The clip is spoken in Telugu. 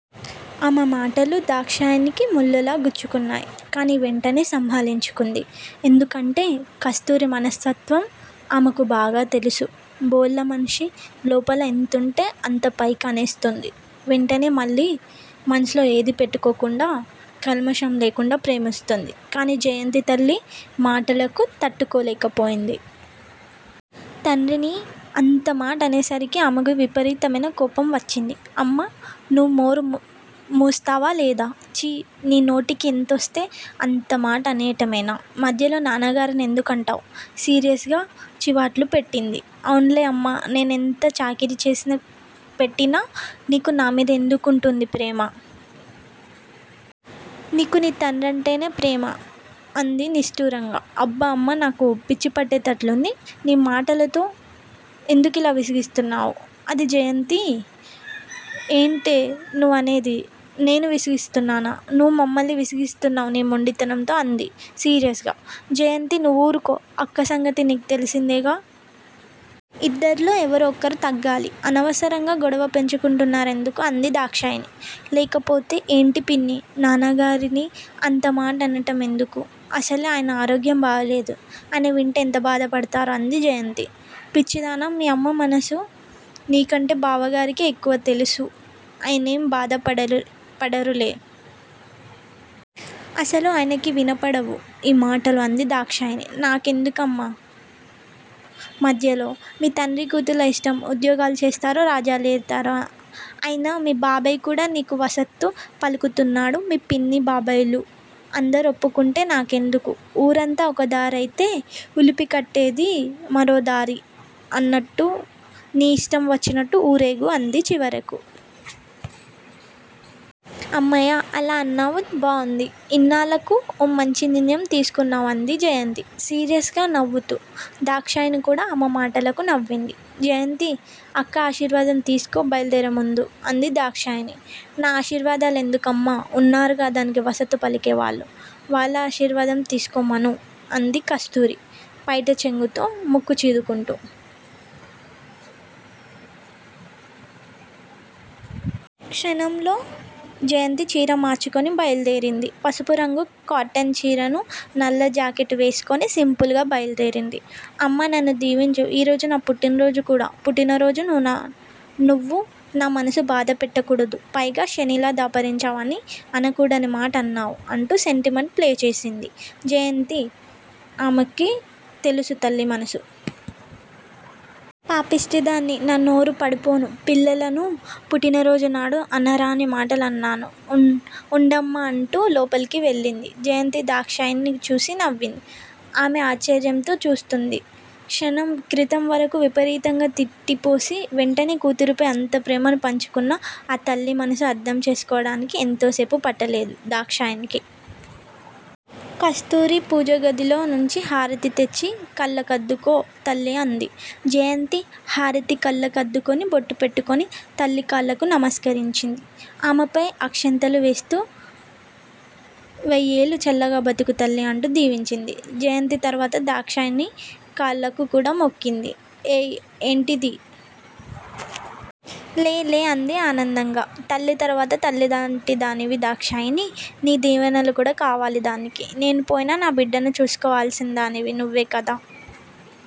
ఆమె మాటలు దాక్షాయణికి ముళ్ళులా గుచ్చుకున్నాయి. కానీ వెంటనే సంభాళించుకుంది. ఎందుకంటే కస్తూరి మనస్తత్వం ఆమెకు బాగా తెలుసు, భోళా మనిషి. లోపల ఎంతుంటే అంత పైకి అనేస్తుంది. వెంటనే మళ్ళీ మనసులో ఏది పెట్టుకోకుండా కల్మషం లేకుండా ప్రేమిస్తుంది. కానీ జయంతి తల్లి మాటలకు తట్టుకోలేకపోయింది. తండ్రిని అంత మాటనేసరికి ఆమెకు విపరీతమైన కోపం వచ్చింది. అమ్మా, నువ్వు నోరు ముస్తావా లేదా? చీ నీ నోటికి ఎంతోస్తే అంతమాట అనేయటమేనా? మధ్యలో నాన్నగారిని ఎందుకంటావు? సీరియస్ గా చివాట్లు పెట్టింది. అవున్లేమ్మా! నేనెంత చాకిరీ చేసి పెట్టినా నీకు నామీద ఎందుకుంటుంది ప్రేమ? నీకు నీ తండ్రంటేనే ప్రేమ అంది నిష్టురంగా. అబ్బా అమ్మా! నాకు పిచ్చిపట్టేట్లుంది నీ మాటలతో, ఎందుకిలా విసిగిస్తావు? అంది జయంతి. ఏంటే నువ్వనేది, నేను విసిగిస్తున్నానా? నువ్వు మమ్మల్ని విసిగిస్తున్నావ్ నీ మొండితనంతో అంది సీరియస్ గా. జయంతి నువ్వూరుకో అక్క సంగతి నీకు తెలిసిందేగా! ఇద్దర్లో ఎవరో ఒకరు తగ్గాలి. అనవసరంగా గొడవ పెంచుకుంటారెందుకు? అంది దాక్షాయణి. లేకపోతే ఏంటి పిన్నీ! నాన్నగార్ని అంతమాటనటం ఎందుకు? అసలే అయన ఆరోగ్యం బాగాలేదు. అయన వింటే ఎంత బాధపడతారు? అంది జయంతి. పిచ్చిదానా! మీ అమ్మమనసు నీకంటే బావగారికే ఎక్కువ తెల్సు, ఆయనేం బాధపడరులే! అసలు ఆయనకు వినపడవు ఈ మాటలు అంది దాక్షాయణి. నాకేండుకమ్మా మధ్యలో! మీ తండ్రి కూతుళ్ళ ఇష్టం, ఉద్యోగాలు చేస్తారో, రాజ్యాలేలతారో, అయినా మీ బాబాయ్ కూడా నీకు వసత్తు పలుకుతున్నాడు, మీ పిన్ని, బాబాయ్ లు, అందరూ ఒప్పుకుంటే నాకెందుకు? ఊరంతా ఒకదారి, అయితే ఉలిపికట్టేది మరోదారి అన్నట్లు నీ ఇష్టం వచ్చినట్లు ఊరేగు అంది చివరకు. అమ్మయ్యా! అలా అన్నావు బాగుంది. ఇన్నాళ్ళకు ఓ మంచి నిర్ణయం తీసుకున్నావు అంది జయంతి సీరియస్ గా నవ్వుతూ. దాక్షాయణి కూడా ఆమె మాటలకు నవ్వింది. జయంతీ! అక్క ఆశీర్వాదం తీసుకో బయల్దేరే ముందు అంది దాక్షాయణి. నా ఆశీర్వాదాలెందుకులేమ్మా! ఉన్నారుగా దానికి వసత్తు పలికే వాళ్ళు, వాళ్ళ ఆశీర్వాదం తిసుకోమను: అంది కస్తూరి పైట చెంగుతో ముక్కు చీదుకుంటు. క్షణంలో జయంతి చీర మార్చుకుని బయలుదేరింది. పసుపురంగు కాటన్చీర, నల్లజాకెట్ వేసుకుని సింపుల్ గా బయలుదేరింది. అమ్మా నన్ను దీవించు. ఈరోజు నా పుట్టినరోజు కూడా పుట్టిన రోజునాడు నువ్వు నా మనసు బాధపెట్టకూడదు. పైగా శనిలా దాపురించావు అని అనకూడనిమాటన్నావు అంటూ సెంటిమెంట్ ప్లే చేసింది జయంతి ఆమెకు తెలుసు తల్లి మనసు. పాపిష్టిదాన్ని, నా నోరు పడిపోనూ పిల్లను పుట్టినరోజునాడు అనరాని మాటలన్నాను, ఉండమ్మా అంటూ లోపలికి వెళ్ళింది. జయంతి దాక్షాయణిని చూసి నవ్వింది. ఆమె ఆశ్చర్యంతో చూస్తుంది. క్షణం క్రితం వరకూ విపరీతంగా తిట్టిపోసి, వెంటనే కూతురిపై అంత ప్రేమను పంచుతున్న ఆ తల్లి మనసు అర్ధం చేసుకోవటానికి ఎంతో సేపు పట్టలేదు దాక్షాయణికి. కస్తూరి పూజగదిలో నుంచి హారతి తెచ్చి కళ్ళకద్దుకో తల్లి అంది. జయంతి హారతి కళ్ళ కద్దుకుని, బొట్టుపెట్టుకుని, తల్లి కాళ్ళకు నమస్కరించింది. ఆమెపై అక్షింతలు వేస్తూ- వెయ్యేళ్ళు చల్లగా బ్రతుకు తల్లి అంటూ దీవించింది. జయంతి తరువాత దాక్షాయణి కాళ్ళకు కూడా మొక్కింది. ఏయ్ ఏంటిది? లేలే అంది ఆనందంగా. తల్లి తరువాత తల్లి లాంటిదానివి దాక్షాయణి! నీ దీవెనలు కూడా కావాలి దానికి. నేను పోయినా నా బిడ్డను చూసుకోవలసినదానివి నువ్వేకదా